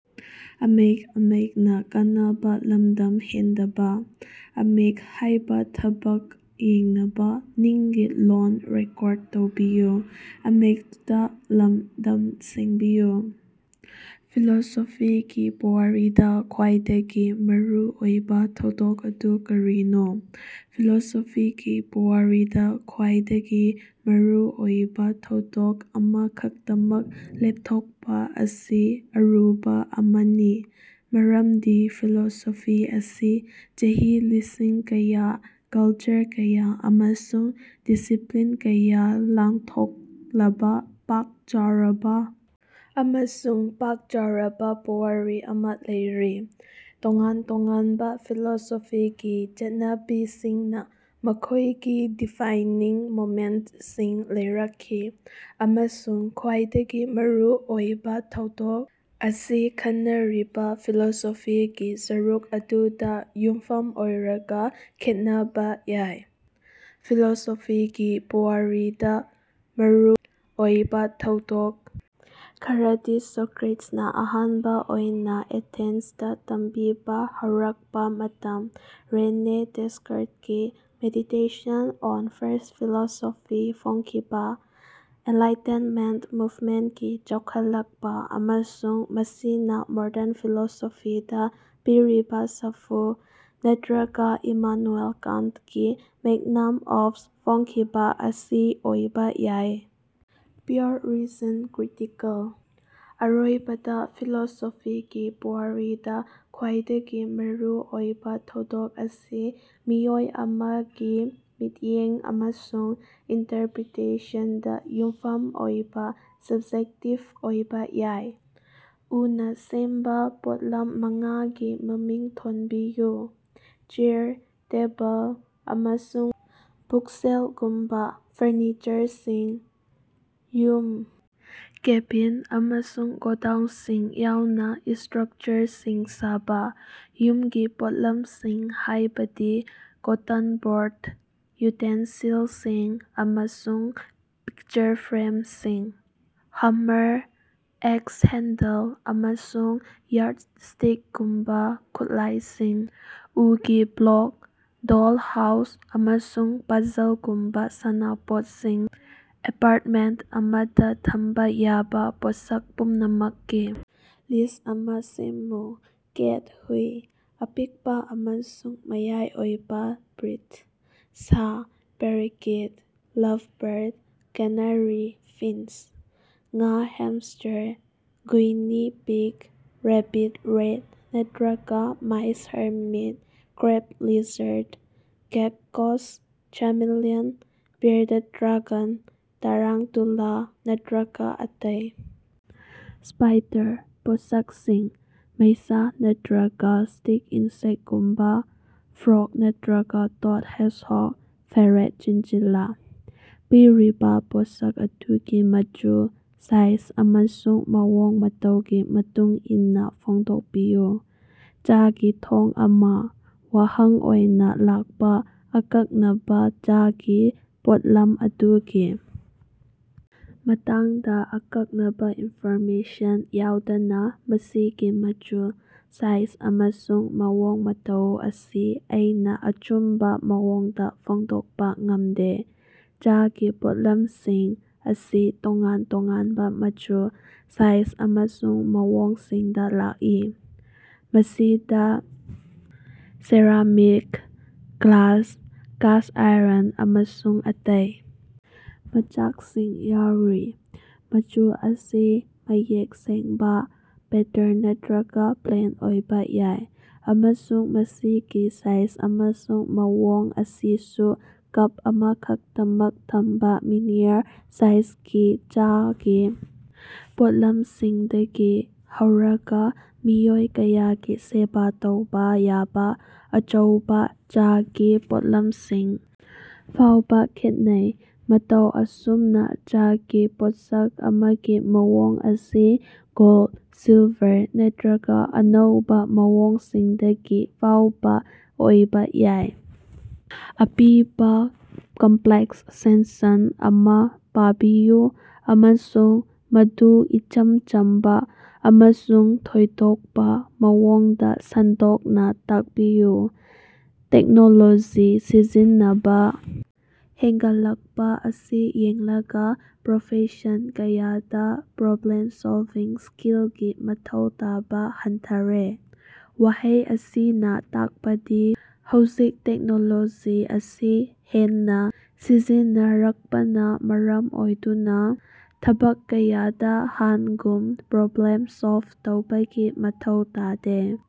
ꯐꯤꯂꯣꯁꯣꯐꯤꯒꯤ ꯄꯨꯋꯥꯔꯤꯗ ꯈ꯭ꯋꯥꯏꯗꯒꯤ ꯃꯔꯨ ꯑꯣꯏꯕ ꯊꯧꯗꯣꯛ ꯑꯗꯨ ꯀꯔꯤꯅꯣ? ꯐꯤꯂꯣꯁꯣꯐꯤꯒꯤ ꯄꯨꯋꯥꯔꯤꯗ ꯈ꯭ꯋꯥꯏꯗꯒꯤ ꯃꯔꯨ ꯑꯣꯏꯕ ꯊꯧꯗꯣꯛ ꯑꯃꯈꯛꯇꯃꯛ ꯂꯦꯞꯊꯣꯛꯄ ꯑꯁꯤ ꯑꯔꯨꯕ ꯑꯃꯅꯤ ꯃꯔꯝꯗꯤ ꯐꯤꯂꯣꯁꯣꯐꯤ ꯑꯁꯤ ꯆꯍꯤ ꯂꯤꯁꯤꯡ ꯀꯌꯥ, ꯀꯜꯆꯔ ꯀꯌꯥ ꯑꯃꯁꯨꯡ ꯗꯤꯁꯤꯞꯂꯤꯟ ꯀꯌꯥ ꯂꯥꯟꯊꯣꯛꯂꯕ ꯄꯥꯛ ꯆꯥꯎꯔꯕ ꯑꯃꯁꯨꯡ ꯄꯥꯛ ꯆꯥꯎꯔꯕ ꯄꯨꯋꯥꯔꯤ ꯑꯃꯥ ꯂꯩꯔꯤ꯫ ꯇꯣꯉꯥꯟ ꯇꯣꯉꯥꯟꯕ ꯐꯤꯂꯣꯁꯣꯐꯤꯒꯤ ꯆꯠꯅꯕꯤꯁꯤꯡꯅ ꯃꯈꯣꯏꯒꯤ ꯗꯤꯐꯥꯏꯡꯅꯤꯡ ꯃꯣꯃꯦꯟꯇꯁꯤꯡ ꯂꯩꯔꯛꯈꯤ, ꯑꯃꯁꯨꯡ "ꯈ꯭ꯋꯥꯏꯗꯒꯤ ꯃꯔꯨ ꯑꯣꯏꯕ ꯊꯧꯗꯣꯛ" ꯑꯁꯤ ꯈꯟꯅꯔꯤꯕ ꯐꯤꯂꯣꯁꯣꯐꯤꯒꯤ ꯁꯔꯨꯛ ꯑꯗꯨꯗ ꯌꯨꯝꯐꯝ ꯑꯣꯏꯔꯒ ꯈꯦꯠꯅꯕ ꯌꯥꯏ꯫ ꯐꯤꯂꯣꯁꯣꯐꯤꯒꯤ ꯄꯨꯋꯥꯔꯤꯗ ꯃꯔꯨ ꯑꯣꯏꯕ ꯊꯧꯗꯣꯛ ꯈꯔꯗꯤ ꯁꯣꯀꯔꯦꯇꯁꯅ ꯑꯍꯥꯟꯕ ꯑꯣꯏꯅ ꯑꯦꯊꯦꯟꯁꯇ ꯇꯝꯕꯤꯕ ꯍꯧꯔꯛꯄ ꯃꯇꯝ, ꯔꯦꯅꯦ ꯗꯦꯁ꯭ꯀꯔꯠꯀꯤ "ꯃꯦꯗꯤꯇꯦꯁꯟ ꯑꯣꯟ ꯐꯥꯔꯁ ꯐꯤꯂꯣꯁꯣꯐꯤ" ꯐꯣꯡꯈꯤꯕ, ꯑꯦꯟꯂꯥꯏꯇꯦꯟꯃꯦꯟꯇ ꯃꯨꯕꯃꯦꯟꯇꯀꯤ ꯆꯥꯎꯈꯠꯂꯛꯄ ꯑꯃꯁꯨꯡ ꯃꯁꯤꯅ ꯃꯣꯗꯔꯟ ꯐꯤꯂꯣꯁꯣꯐꯤꯗ ꯄꯤꯔꯤꯕ ꯁꯥꯐꯨ, ꯅꯠꯇ꯭ꯔꯒꯥ ꯏꯃꯥꯅꯨꯌꯦꯜ ꯀꯥꯟꯇꯀꯤ ꯃꯦꯒ꯭ꯅꯝ ꯑꯣꯄꯁ ꯐꯣꯡꯈꯤꯕ ꯑꯁꯤ ꯑꯣꯏꯕ ꯌꯥꯏ꯫ "ꯄ꯭ꯌꯨꯔ ꯔꯤꯖꯟ ꯀ꯭ꯔꯤꯇꯤꯀꯦꯜ" ꯑꯔꯣꯏꯕꯗ, ꯐꯤꯂꯣꯁꯣꯐꯤꯒꯤ ꯄꯨꯋꯥꯔꯤꯗ ꯈ꯭ꯋꯥꯏꯗꯒꯤ ꯃꯔꯨ ꯑꯣꯏꯕ ꯊꯧꯗꯣꯛ ꯑꯁꯤ ꯃꯤꯑꯣꯏ ꯑꯃꯒꯤ ꯃꯤꯠꯌꯦꯡ ꯑꯃꯁꯨꯡ ꯏꯟꯇꯔꯄꯔꯤꯇꯦꯁꯟꯗ ꯌꯨꯝꯐꯝ ꯑꯣꯏꯕ ꯁꯕ꯭ꯖꯦꯛꯇꯤꯕ ꯑꯣꯏꯕ ꯌꯥꯏ꯫ ꯎꯅ ꯁꯦꯝꯕ ꯄꯣꯠꯂꯝ ꯃꯉꯥꯒꯤ ꯃꯃꯤꯡ ꯊꯣꯟꯕꯤꯌꯨ꯫ ꯆꯦꯌꯥꯔ, ꯇꯦꯕꯜ, ꯑꯃꯁꯨꯡ ꯕꯨꯛꯁꯦꯜꯒꯨꯝꯕꯥ ꯐꯔꯅꯤꯆꯔꯁꯤꯡ꯫ ꯌꯨꯝ, ꯀꯦꯕꯤꯟ, ꯑꯃꯁꯨꯡ ꯒꯣꯗꯥꯎꯟꯁꯤꯡ ꯌꯥꯎꯅ ꯏꯁ꯭ꯇꯔꯛꯆꯔꯁꯤꯡ ꯁꯥꯕ꯫ ꯌꯨꯝꯒꯤ ꯄꯣꯠꯂꯝꯁꯤꯡ ꯍꯥꯏꯕꯗꯤ ꯀꯣꯠꯇꯟ ꯕꯣꯔꯗ, ꯌꯨꯇꯦꯟꯁꯤꯜꯁꯤꯡ, ꯑꯃꯁꯨꯡ ꯄꯤꯛꯆꯔ ꯐ꯭ꯔꯦꯝꯁꯤꯡ꯫ ꯍꯥꯃꯦꯔ, ꯑꯦꯛꯁ ꯍꯦꯟꯗꯜ, ꯑꯃꯁꯨꯡ ꯌꯥꯔꯗꯏꯁ꯭ꯇꯤꯀꯒꯨꯝꯕ ꯈꯨꯠꯂꯥꯏꯁꯤꯡ꯫ ꯎꯒꯤ ꯕ꯭ꯂꯣꯛ, ꯗꯣꯜꯍꯥꯎꯁ, ꯑꯃꯁꯨꯡ ꯄꯥꯖꯜꯒꯨꯝꯕ ꯁꯥꯟꯅꯄꯣꯠꯁꯤꯡ꯫ ꯑꯦꯄꯥꯔꯇꯃꯦꯟꯇ ꯑꯃꯗ ꯊꯝꯕ ꯌꯥꯕ ꯄꯣꯠꯁꯛ ꯄꯨꯝꯅꯃꯛꯀꯤ ꯂꯤꯁ ꯑꯃꯥ ꯁꯦꯝꯃꯨ꯫ ꯀꯦꯠ ꯍꯨꯏ (ꯑꯄꯤꯛꯄ ꯑꯃꯁꯨꯡ ꯃꯌꯥꯏ ꯑꯣꯏꯕ ꯕ꯭ꯔꯤꯗ) ꯁꯥ (ꯄꯦꯔꯥꯀꯤꯠ, ꯂꯚꯕꯔꯗ, ꯀꯦꯅꯥꯔꯤ, ꯐꯤꯟꯆ) ꯉꯥ ꯍ꯭ꯌꯥꯝꯁ꯭ꯇꯔ ꯒꯨꯏꯅꯤ ꯄꯤꯒ ꯔꯦꯕꯤꯠ ꯔꯦꯠ ꯅꯠꯇ꯭ꯔꯒꯥ mice hermit crab lizard (geckos, chameleon, bearded dragon) tarantula ꯅꯠꯇ꯭ꯔꯒꯥ ꯑꯇꯩ ꯁ꯭ꯄꯥꯏꯗꯔ ꯄꯣꯠꯁꯛꯁꯤꯡ (ꯃꯩꯁꯥ ꯅꯠꯇ꯭ꯔꯒꯥ ꯁ꯭ꯇꯤꯛ ꯏꯟꯁꯦꯛꯇꯒꯨꯝꯕ) ꯐ꯭ꯔꯣꯒ ꯅꯠꯇ꯭ꯔꯒ ꯇꯣꯗ ꯍꯦꯓꯣꯒ ꯐꯦꯔꯦꯠ ꯆꯤꯟꯆꯤꯂꯥ꯫ ꯄꯤꯔꯤꯕ ꯄꯣꯠꯁꯛ ꯑꯗꯨꯒꯤ ꯃꯆꯨ, ꯁꯥꯏꯖ ꯑꯃꯁꯨꯡ ꯃꯑꯣꯡ ꯃꯇꯧꯒꯤ ꯃꯇꯨꯡ ꯏꯟꯅ ꯐꯣꯡꯗꯣꯛꯄꯤꯌꯨ꯫ ꯆꯥꯒꯤ ꯊꯣꯡ ꯑꯃ꯫ ꯋꯥꯍꯪ ꯑꯣꯏꯅ ꯂꯥꯛꯄ ꯑꯀꯛꯅꯕ ꯆꯥꯒꯤ ꯄꯣꯠꯂꯝ ꯑꯗꯨꯒꯤ ꯃꯇꯥꯡꯗ ꯑꯀꯛꯅꯕ ꯏꯟꯐꯣꯔꯃꯦꯁꯟ ꯌꯥꯎꯗꯅ ꯃꯁꯤꯒꯤ ꯃꯆꯨ, ꯁꯥꯏꯖ ꯑꯃꯁꯨꯡ ꯃꯑꯣꯡ ꯃꯇꯧ ꯑꯁꯤ ꯑꯩꯅ ꯑꯆꯨꯝꯕ ꯃꯑꯣꯡꯗ ꯐꯣꯡꯗꯣꯛꯄ ꯉꯝꯗꯦ꯫ ꯆꯥꯒꯤ ꯄꯣꯠꯂꯝꯁꯤꯡ ꯑꯁꯤ ꯇꯣꯉꯥꯟ ꯇꯣꯉꯥꯟꯕ ꯃꯆꯨ, ꯁꯥꯏꯖ ꯑꯃꯁꯨꯡ ꯃꯑꯣꯡꯁꯤꯡꯗ ꯂꯥꯛꯏ, ꯃꯁꯤꯗ ꯁꯦꯔꯥꯃꯤꯛ, ꯒ꯭ꯂꯥꯁ, ꯀꯥꯁ ꯑꯥꯏꯔꯟ ꯑꯃꯁꯨꯡ ꯑꯇꯩ ꯃꯆꯥꯛꯁꯤꯡ ꯌꯥꯎꯔꯤ꯫ ꯃꯆꯨ ꯑꯁꯤ ꯃꯌꯦꯛ ꯁꯦꯡꯕ, ꯄꯦꯇꯔꯟ ꯅꯠꯇ꯭ꯔꯒꯥ ꯄ꯭ꯂꯦꯟ ꯑꯣꯏꯕ ꯌꯥꯏ, ꯑꯃꯁꯨꯡ ꯃꯁꯤꯒꯤ ꯁꯥꯏꯖ ꯑꯃꯁꯨꯡ ꯃꯑꯣꯡ ꯑꯁꯤꯁꯨ ꯀꯞ ꯑꯃꯈꯛꯇꯃꯛ ꯊꯝꯕ ꯃꯤꯅꯤꯌꯔ ꯁꯥꯏꯖꯒꯤ ꯆꯥꯒꯤ ꯄꯣꯠꯂꯝꯁꯤꯡꯗꯒꯤ ꯍꯧꯔꯒꯥ ꯃꯤꯑꯣꯏ ꯀꯌꯥꯒꯤ ꯁꯦꯕ ꯇꯧꯕ ꯌꯥꯕ ꯑꯆꯧꯕ ꯆꯥꯒꯤ ꯄꯣꯠꯂꯝꯁꯤꯡ ꯐꯥꯎꯕ ꯈꯦꯠꯅꯩ꯫ ꯃꯇꯧ ꯑꯁꯨꯝꯅ ꯆꯥꯒꯤ ꯄꯣꯠꯁꯛ ꯑꯃꯒꯤ ꯃꯑꯣꯡ ꯑꯁꯤ ꯒꯣꯜꯗ, ꯏꯁ꯭ꯀꯌꯥꯔ ꯅꯠꯇ꯭ꯔꯒꯥ ꯑꯅꯧꯕ ꯃꯑꯣꯡꯁꯤꯡꯗꯒꯤ ꯐꯥꯎꯕ ꯑꯣꯏꯕ ꯌꯥꯏ꯫ ꯑꯄꯤꯕ ꯀꯝꯞꯂꯦꯛꯁ ꯁꯦꯟꯁꯟ ꯑꯃ ꯄꯥꯕꯤꯌꯨ ꯑꯃꯁꯨꯡ ꯃꯗꯨ ꯏꯆꯝ ꯆꯝꯕ ꯑꯃꯁꯨꯡ ꯊꯣꯏꯗꯣꯛꯄ ꯃꯑꯣꯡꯗ ꯁꯟꯗꯣꯛꯅ ꯇꯥꯛꯄꯤꯌꯨ꯫ ꯇꯦꯛꯅꯣꯂꯣꯖꯤ ꯁꯤꯖꯤꯟꯅꯕ ꯍꯦꯟꯒꯠꯂꯛꯄ ꯑꯁꯤ ꯌꯦꯡꯂꯒ, ꯄ꯭ꯔꯣꯐꯦꯁꯟ ꯀꯌꯥꯗ ꯄ꯭ꯔꯣꯕ꯭ꯂꯦꯝ ꯁꯣꯜꯕꯤꯡ ꯁ꯭ꯀꯤꯜꯒꯤ ꯃꯊꯧ ꯇꯥꯕ ꯍꯟꯊꯔꯦ꯫ ꯋꯥꯍꯩ ꯑꯁꯤꯅ ꯇꯥꯛꯄꯗꯤ ꯍꯧꯖꯤꯛ ꯇꯦꯛꯅꯣꯂꯣꯖꯤ ꯑꯁꯤ ꯍꯦꯟꯅ ꯁꯤꯖꯤꯟꯅꯔꯛꯄꯅ ꯃꯔꯝ ꯑꯣꯏꯗꯨꯅ ꯊꯕꯛ ꯀꯌꯥꯗ ꯍꯥꯟꯉꯨꯝ ꯄ꯭ꯔꯣꯕ꯭ꯂꯦꯝ ꯁꯣꯜꯕ ꯇꯧꯕꯒꯤ ꯃꯊꯧ ꯇꯥꯗꯦ꯫